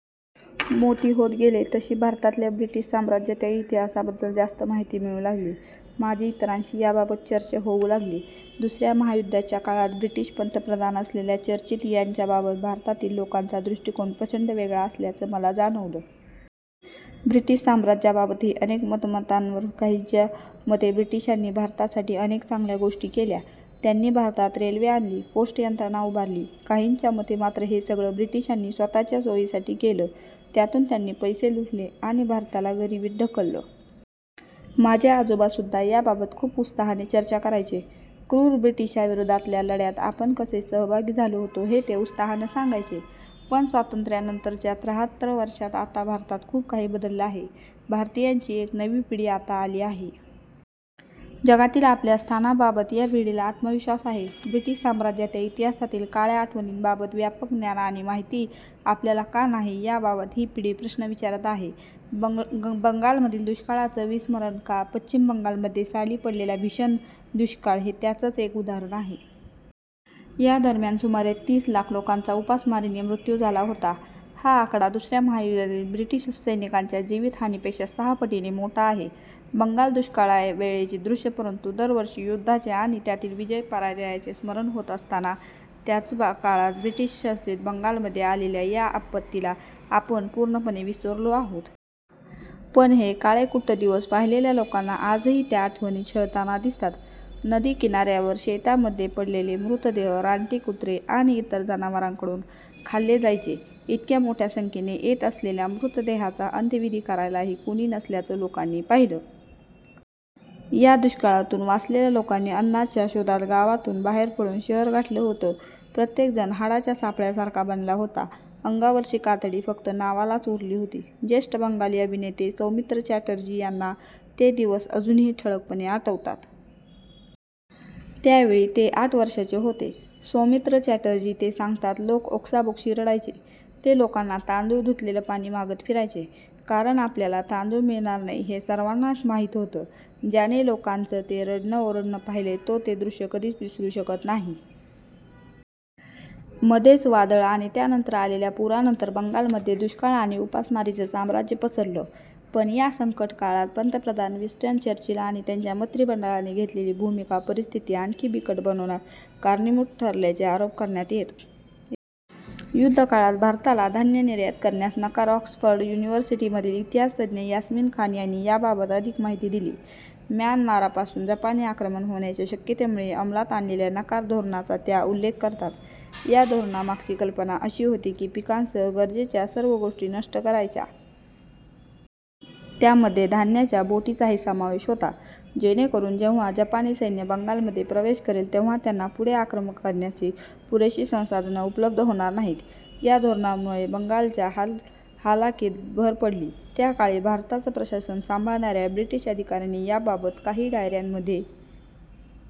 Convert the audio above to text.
मोठी होत गेले, तशी भारतातल्या ब्रिटीश साम्राज्याच्या इतिहासाबद्दल जास्त माहिती मिळू लागली. माझी इतरांशी याबाबत चर्चा होऊ लागली. दुसऱ्या महायुद्धाच्या काळात ब्रिटीश पंतप्रधान असलेल्या चर्चिल यांच्याबाबत भारतातील लोकांचा दृष्टिकोन प्रचंड वेगळा असल्याचं मला जाणवलं. ब्रिटीश साम्राज्याबाबतही अनेक मतमतांतरं होती. काहींच्या मते, ब्रिटिशांनी भारतासाठी अनेक चांगल्या गोष्टी केल्या. त्यांनी भारतात रेल्वे आणली. पोस्ट यंत्रणा उभारली. काहींच्या मते मात्र हे सगळं ब्रिटिशांनी स्वतःच्या सोयीसाठी केलं. त्यातून त्यांनी पैसे लुटले आणि भारताला गरिबीत ढकललं. माझे आजोबासुद्धा याबाबत खूप उत्साहाने चर्चा करायचे. 'क्रूर ब्रिटिशां'विरोधातल्या लढ्यात आपण कसे सहभागी झालो होतो, हे ते उत्साहाने सांगायचे. पण स्वातंत्र्यानंतरच्या त्राहत्तर वर्षांत आता भारतात खूप काही बदललं आहे. भारतीयांची एक नवी पिढी आता आली आहे. जगातील आपल्या स्थानाबाबत या पिढीला आत्मविश्वास आहे. ब्रिटीश साम्राज्याच्या इतिहासातील काळ्या आठवणींबाबत व्यापक ज्ञान आणि माहिती आपल्याला का नाही, याबाबत ही पिढी प्रश्न विचारत आहे. बंगालमधील दुष्काळाचं विस्मरण का? पश्चिम बंगालमध्ये साली पडलेला भीषण दुष्काळ हे त्याचंच एक उदाहरण. या दरम्यान सुमारे तीस लाख लोकांचा उपासमारीने मृत्यू झाला होता. हा आकडा दुसऱ्या महायुद्धातील ब्रिटीश सैनिकांच्या जीवितहानीपेक्षा सहा पटीने मोठा आहे. बंगाल दुष्काळावेळची दृश्यं परंतु, दरवर्षी युद्धाचे आणि त्यातील विजय-पराजयांचे स्मरण होत असताना, त्याच काळात ब्रिटीशशासित बंगालमध्ये आलेल्या या आपत्तीला आपण पूर्णपणे विसरलो आहोत. पण ते काळेकुट्ट दिवस पाहिलेल्या लोकांना आजही त्या आठवणी छळताना दिसतात. नदी किनाऱ्यावर, शेतांमध्ये पडलेले मृतदेह रानटी कुत्रे आणि इतर जनावरांकडून खाल्ले जायचे. इतक्या मोठ्या संख्येने येत असलेल्या मृतदेहांचा अंत्यविधी करायलाही कुणी नसल्याचं लोकांनी पाहिलं आहे. या दुष्काळातून वाचलेल्या लोकांनी अन्नाच्या शोधात गावातून बाहेर पडून शहर गाठलं होतं. प्रत्येक जण हाडाच्या सापळ्यासारखा बनला होता. अंगावरची कातडी फक्त नावालाच उरली होती ज्येष्ठ बंगाली अभिनेते सौमित्र चॅटर्जी यांना ते दिवस अजूनही ठळकपणे आठवतात. त्यावेळी ते आठ वर्षांचे होते. सौमित्र चॅटर्जी ते सांगतात. लोक ओक्साबोक्शी रडायचे. ते लोकांना तांदूळ धुतलेलं पाणी मागत फिरायचे. कारण आपल्याला तांदूळ मिळणार नाही, हे सर्वांनाच माहीत होतं. ज्याने लोकांचं ते रडणं-ओरडणं पाहिलंय, तो ते दृश्य कधीच विसरू शकत नाही. मध्ये वादळ आणि त्यानंतर आलेल्या पुरानंतर बंगालमध्ये दुष्काळ आणि उपासमारीचं साम्राज्य पसरलं. पण या संकट काळात पंतप्रधान विन्स्टन चर्चिल आणि त्यांच्या मंत्रिमंडळाने घेतलेली भूमिका परिस्थिती आणखी बिकट बनवण्यास कारणीभूत ठरल्याचे आरोप करण्यात येतात. युद्धकाळात भारताला धान्य निर्यात करण्यास नकार ऑक्सफर्ड युनिव्हर्सिटीमधील इतिहास तज्ज्ञ यास्मीन खान यांनी याबाबत अधिक माहिती दिली. म्यानमारपासून जपानी आक्रमण होण्याच्या शक्यतेमुळे अंमलात आणलेल्या 'नकार धोरणा'चा त्या उल्लेख करतात. "या धोरणामागची कल्पना अशी होती की, पिकांसह गरजेच्या सर्व गोष्टी नष्ट करायच्या. त्यामध्ये धान्याच्या बोटींचाही समावेश होता. जेणेकरून जेव्हा जपानी सैन्य बंगालमध्ये प्रवेश करेल, तेव्हा त्यांना पुढे आक्रमण करण्यासाठी पुरेशी संसाधनं उपलब्ध होणार नाहीत. या धोरणामुळे बंगालच्या हालाखीत भर पडली. त्या काळी भारताचं प्रशासन सांभाळणाऱ्या ब्रिटीश अधिकाऱ्यांनी याबाबत काही डायऱ्यांमध्ये